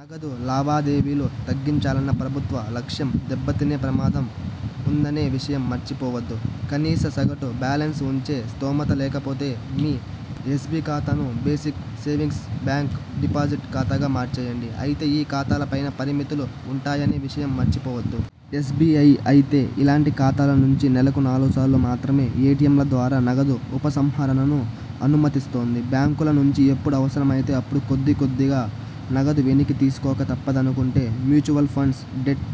నగదు లావాదేవీలు తగ్గించాలన్న ప్రభుత్వ లక్ష్యం దెబ్బతినే ప్రమాదం ఉందనే విషయం మర్చిపోవద్దు. కనీస సగటు బాలెన్స్ ఉంచే స్థోమత లేకపోతే మీ ఎస్బి ఖాతాను బేసిక్ సేవింగ్ బ్యాంక్ డిపాజిట్ ఖాతాగా మార్చేయండి. అయితే ఈ ఖాతాల పైనా పరిమితులు ఉంటాయనే విషయం మర్చిపోవద్దు. ఎస్బిఐ అయితే ఇలాంటి ఖాతాల నుంచి నెలకు నాలుగు సార్లు మాత్రమే ఎటిఎంల ద్వారా నగదు ఉపసంహరణను అనుమతిస్తోంది. బ్యాంకుల నుంచి ఎప్పుడు అవసరమైతే అప్పుడు కొద్ది కొద్దిగా నగదు వెనక్కి తీసుకోక తప్పదనుకుంటే మ్యూచువల్ ఫండ్స్ డెట్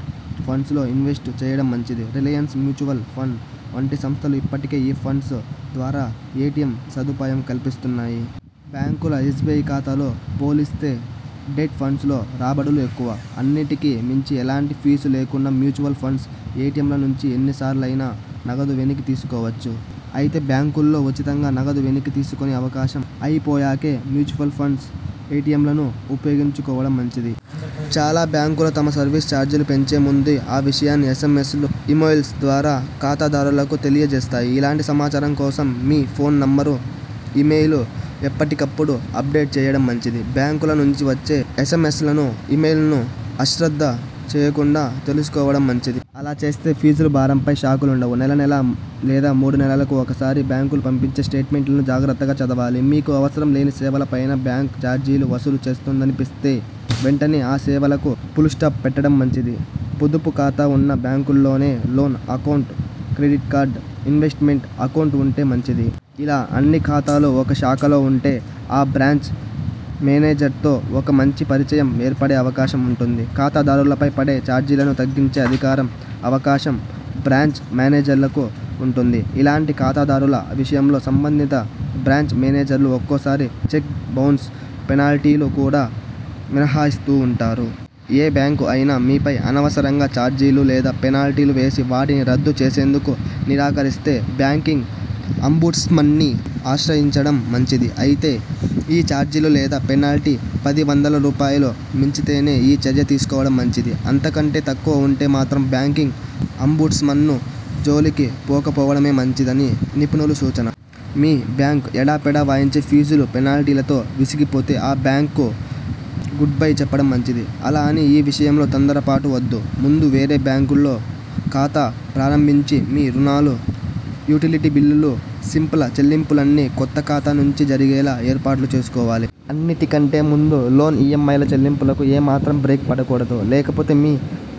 ఫండ్స్లో ఇన్వెస్ట్ చేయడం మంచిది. రిలయన్స్ మ్యూచువల్ ఫండ్ వంటి సంస్థలు ఇప్పటికే ఈ ఫండ్స్ ద్వారా ఎటిఎం సదుపాయం కల్పిస్తున్నాయి. బ్యాంకుల ఎస్బి ఖాతాతో పోలిస్తే డెట్ ఫండ్స్లో రాబడులు ఎక్కువ. అన్నిటికి మించి ఎలాంటి ఫీజు లేకుండా మ్యూచువల్ ఫండ్స్ ఎటిఎంల నుంచి ఎన్నిసార్లయినా నగదు వెనక్కి తీసుకోవచ్చు. అయితే బ్యాంకుల్లో ఉచితంగా నగదు వెనక్కి తీసుకునే అవకాశం అయిపోయాకే మ్యూచువల్ ఫండ్స్ ఎటిఎంలను ఉపయోగించుకోవడం మంచిది. చాలా బ్యాంకులు తమ సర్వీస్ చార్జీలు పెంచే ముందు ఆ విషయాన్ని ఎస్ఎంఎ్సలు, ఇ మొయిల్స్ ద్వారా ఖాతాదారులకు తెలియ జేస్తాయి. ఇలాంటి సమాచారం కోసం మీ ఫోన్ నంబర్, ఇ మెయిల్ ఎప్పటికపుడు అప్డేట్ చేయడం మంచిది. బ్యాంకు ల నుంచి వచ్చే ఎస్ఎంఎ్సలను, ఇ మెయిల్స్ను ఆశ్రద్ధ చేయకుండా తెలుసుకోవడం మంచిది. అలా చేస్తే ఫీజుల భారంపై షాకులుండవు. నెలనెలా లేదా మూడు నెలలకు ఒకసారి బ్యాంకులు పంపించే స్టేట్మెంట్లను జాగ్రత్తగా చదవాలి. మీకు అవసరం లేని సేవలపైనా బ్యాంక్ చార్జీలు వసూలు చేస్తోందనిపిస్తే, వెంటనే ఆ సేవలకు ఫుల్స్టాప్ పెట్టడం మంచిది. పొదుపు ఖాతా ఉన్న బ్యాంక్లోనే loan account, credit card, investment account ఉంటే మంచిది. ఇలా అన్ని ఖాతాలు ఒక శాఖలో ఉంటే ఆ బ్రాంచ్ మేనేజర్తో మీకు మంచి పరిచయం ఏర్పడే అవకాశం ఉంటుంది. ఖాతా దారులపై పడే చార్జీలను తగ్గించే అధికారం, అవకాశం బ్రాంచ్ మేనేజర్లకు ఉంటుంది. ఇలాంటి ఖాతాదారుల విషయంలో సంబంధిత బ్రాంచ్ మేనేజర్లు ఒక్కోసారి చెక్ బౌన్స్ పెనాల్టీలు కూడా మినహాయిస్తుంటారు. ఏ బ్యాంక్ అయినా మీపై అనవసరంగా చార్జీలు లేదా పెనాల్టీలు వేసి, వాటిని రద్దు చేసేందుకు నిరాకరిస్తే బ్యాంకింగ్ అంబుడ్స్మన్ని ఆశ్రయించడం మంచిది. అయితే ఈ చార్జీలు లేదా పెనాల్టీ పది వందల రూపాయలు మించితేనే ఈ చర్య తీసుకోవడం మంచిది. అంత కంటే తక్కువ ఉంటే మాత్రం బ్యాంకింగ్ అంబుడ్స్మన్ జోలికి పోక పోవడమే మంచిదని నిపుణుల సూచన. మీ బ్యాంక్ ఎడాపెడా వాయించే ఫీజులు, పెనాల్టీలతో విసిగిపోతే ఆ బ్యాంక్కు గుడ్బై చెప్పడం మంచిది. అలా అని ఈ విషయంలో తొందర పాటు వద్దు. ముందు వేరే బ్యాంక్లో ఖాతా ప్రారంభించి మీ రుణాలు, యుటిలిటీ బిల్లులు, సిప్ల చెల్లింపులన్నీ కొత్త ఖాతా నుంచి జరిగేలా ఏర్పాట్లు చేసుకోవాలి. అన్నిటికంటే ముందు లోన్ ఈంఐల చెల్లింపులకు ఏ మాత్రం బ్రేక్ పడకూడదు. లేకపోతే మీ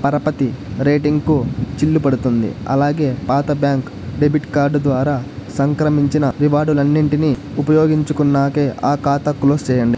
పరపతి రేటింగ్కూ చిల్లు పడుతుంది. అలాగే పాత బ్యాంక్ డెబిట్ కార్డు ద్వారా సంక్రమించిన రివార్డులన్నింటిని ఉపయోగించుకున్నాకే ఆ ఖాతా క్లోజ్ చేయండి.